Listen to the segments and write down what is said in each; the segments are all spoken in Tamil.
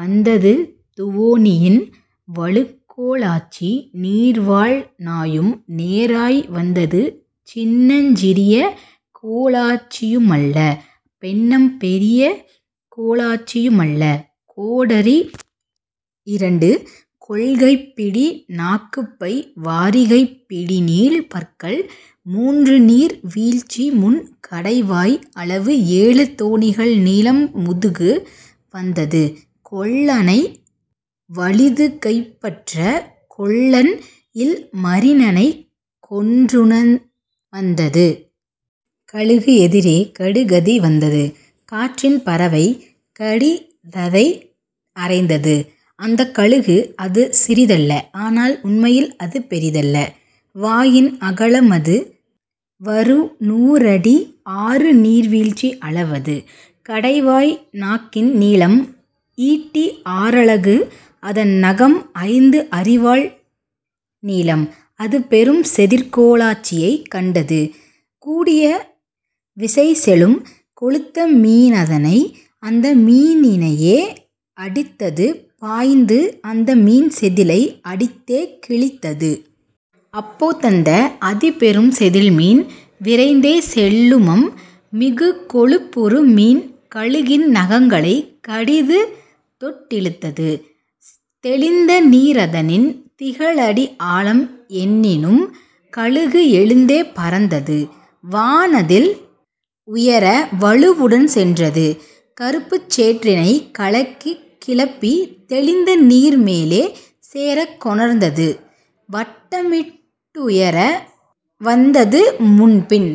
வந்தது துவோனியின் வலுக்கோலாச்சி நீர்வாழ் நாயும் நேராய் வந்தது சின்னஞ் சிறியகோலாச்சியு மல்ல பென்னம் பெரியகோலாச்சியு மல்ல கோடரி இரண்டு கொள்கைப்பிடி நாக்குப்பை வாரிகைப் பிடிநீள் பற்கள் மூன்றுநீர் வீழ்ச்சிமுன் கடைவாய் அளவு ஏழு தோணிகள் நீளம் முதுகு வந்தது கொல்லனை வலிதுகைப்பற்ற கொல்லன்இல் மரினனைக் கொன்றுண வந்தது. கழுகு எதிரே கடுகதி வந்தது காற்றின் பறவை கடிததை அறைந்தது அந்தக் கழுகு அதுசிறி தல்ல ஆனால் உண்மையில் அதுபெரி தல்ல வாயின் அகல மதுவறு நூறடி ஆறுநீர் வீழ்ச்சி அளவது கடைவாய் நாக்கின் நீளம் ஈட்டிஆ றலகு அதன்நகம் ஐந்து அரிவாள் நீளம்; அதுபெரும் செதிற்கோலாச்சியைக் கண்டது கூடிய விசைசெலும் கொழுத்த மீனதனை அந்தமீனினையே அடித்தது பாய்ந்து அந்தமீன் செதிலை அடித்தே கிழித்தது. அப்போ தந்த அதிபெரும் செதில்மீன் விரைந்தே செல்லுமம் மிகுகொழுப்புறுமீன் கழுகின் நகங்களைக் கடிதுதொட்டிழுத்தது தெளிந்தநீ ரதனின் திகழடி ஆழம் என்னினும் கழுகு எழுந்தே பறந்தது வானதில் உயர வலுவுடன் சென்றது கறுப்புச் சேற்றினைக் கலக்கிக் கிளப்பி தெளிந்தநீர் மேலே சேரக் கொணர்ந்தது. வட்டமிட்டுயர வந்தது முன்பின்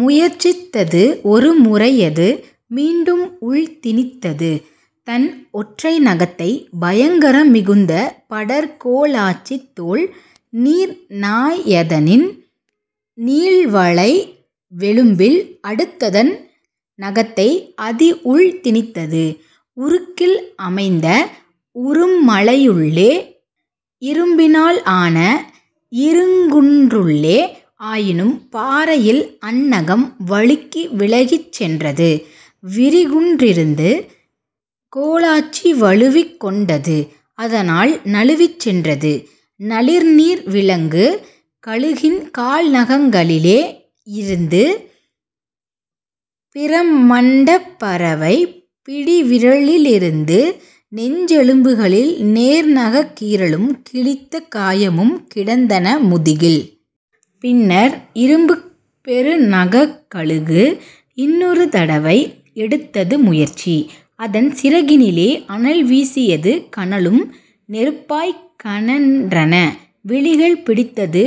முயற்சித்தது ஒருமுறையது மீண்டும் உள்திணித்தது தன்ஒற்றை நகத்தை பயங்கர மிகுந்த படர்கோலாச்சிதோள் நீர்நாயதனின் நீள்வளை வெலும்பில் அடுத்ததன் நகத்தை அதிஉள் திணித்தது உருக்கில் அமைந்த உறும்மலையுள்ளே இரும்பினால் ஆன இருங்குன்றுள்ளே ஆயினும் பாறையில் அந்நகம் வழுக்கி விலகிச் சென்றது விரிகுன்றிருந்து கோலாச்சி வழுவிக் கொண்டது அதனால் நழுவிச் சென்றது நளிர்நீர் விலங்கு கழுகின் கால்நகங்களிலே யிருந்து பிரமண்டப் பறவைப் பிடிவிரலிருந்து நெஞ்செலும்புகளில் நேர்நகக் கீறலும் கிழித்த காயமும் கிடந்தன முதுகில். பின்னர் இரும்புப் பெருநகக்கழுகு இன்னொரு தடவை எடுத்தது முயற்சி அதன்சிறகினிலே அனல்வீசியது கனலும் நெருப்பாய்க் கனன்றன விழிகள் பிடித்தது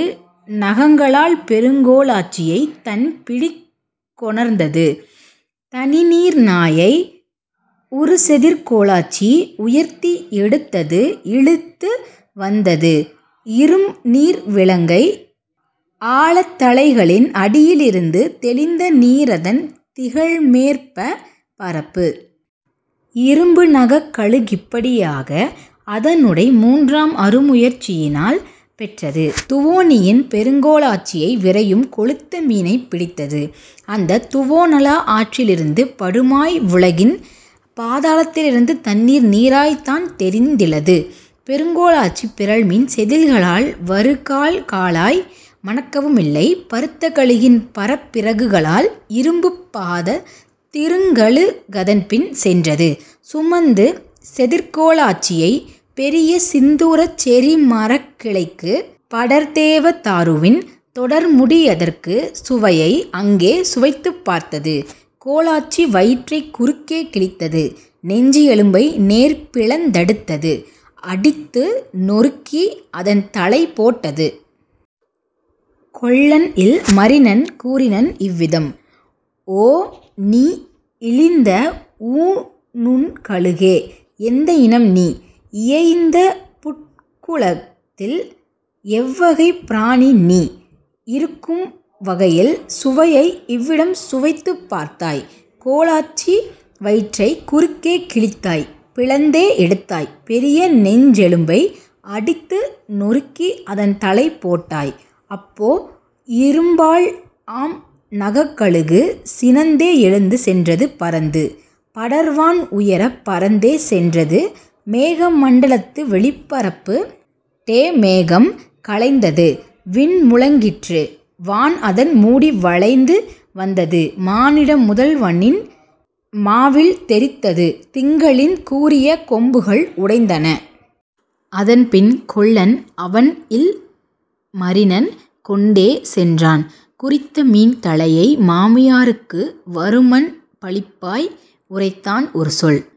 நகங்களால் பெருங்கோலாச்சியை தன்பிடிக் கொணர்ந்தது தனிநீர் நாயை உறுசெதிர்கோலாச்சி உயர்த்தி எடுத்தது இழுத்து வந்தது இரும்நீர் விலங்கை ஆழத் தலைகளின் அடியிலிருந்து தெளிந்த நீரதன் திகழ்மேற்ப பரப்பு. இரும்பு நகக்கழு கிப்படி யாக அதனுடை மூன்றாம் அருமுயற் சியினால் பெற்றது துவோனியின் பெருங்கோலாச்சியை விரையும் கொழுத்த மீனைப் பிடித்தது அந்தத் துவோனலா ஆற்றிலிருந்து படுமாய் வுலகின் பாதளத்திலிருந்து தண்ணீர் நீராய்த் தான்தெரிந்திலது பெருங்கோலாச்சிப் பிறழ்மீன் செதில்களால் வருகால்காலாய் மணக்கவுமில்லை பருத்த கழுகின் பறப்பிறகுகளால். இரும்புப் பாதத் திருங்கழு கதன்பின் சென்றது சுமந்து செதிற்கோலாச்சியை பெரியசிந்தூரச் செறிமரக்கிளைக்கு படர்தேவ தாருவின் தொடர்முடியதற்கு சுவையை அங்கே சுவைத்துப் பார்த்தது கோலாச்சி வயிற்றைக் குறுக்கே கிழித்தது நெஞ்சு எலும்பை நேர்பிளந்தடுத்தது அடித்து நொருக்கி அதன்தலை போட்டது. கொல்லன்இல் மரினன் கூறினன் இவ்விதம்: ஓ நீ இழிந்த ஊனுண்கழுகே எந்த இனம்நீ இயைந்தபுட்குலத்தில் எவ்வகைப் பிராணிநீ இருக்கும் வகையில் சுவையை இவ்விடம் சுவைத்துப் பார்த்தாய் கோலாச்சி வயிற்றைக் குறுக்கே கிழித்தாய் பிளந்தே எடுத்தாய் பெரியநெஞ்செலும்பை அடித்து நொருக்கி அதன்தலை போட்டாய். அப்போ இரும்பால் ஆம்நகக்கழுகு சினந்தே எழுந்து சென்றது பறந்து படர்வான் உயரப் பறந்தே சென்றது மேகமண்டலத்து வெளிபரப்புடே மேகம் கலைந்தது விண்முழங்கிற்று வான்அதன் மூடி வளைந்து வந்தது மானிட முதல்வனின் மாவில் தெறித்தது திங்களின் கூரிய கொம்புகள் உடைந்தன. அதன்பின் கொல்லன் அவன்இல் மரினன் கொண்டே சென்றான் குறித்தமீன் தலையை மாமியாருக்கு வருமன் பளிப்பாய் உரைத்தான் ஒருசொல்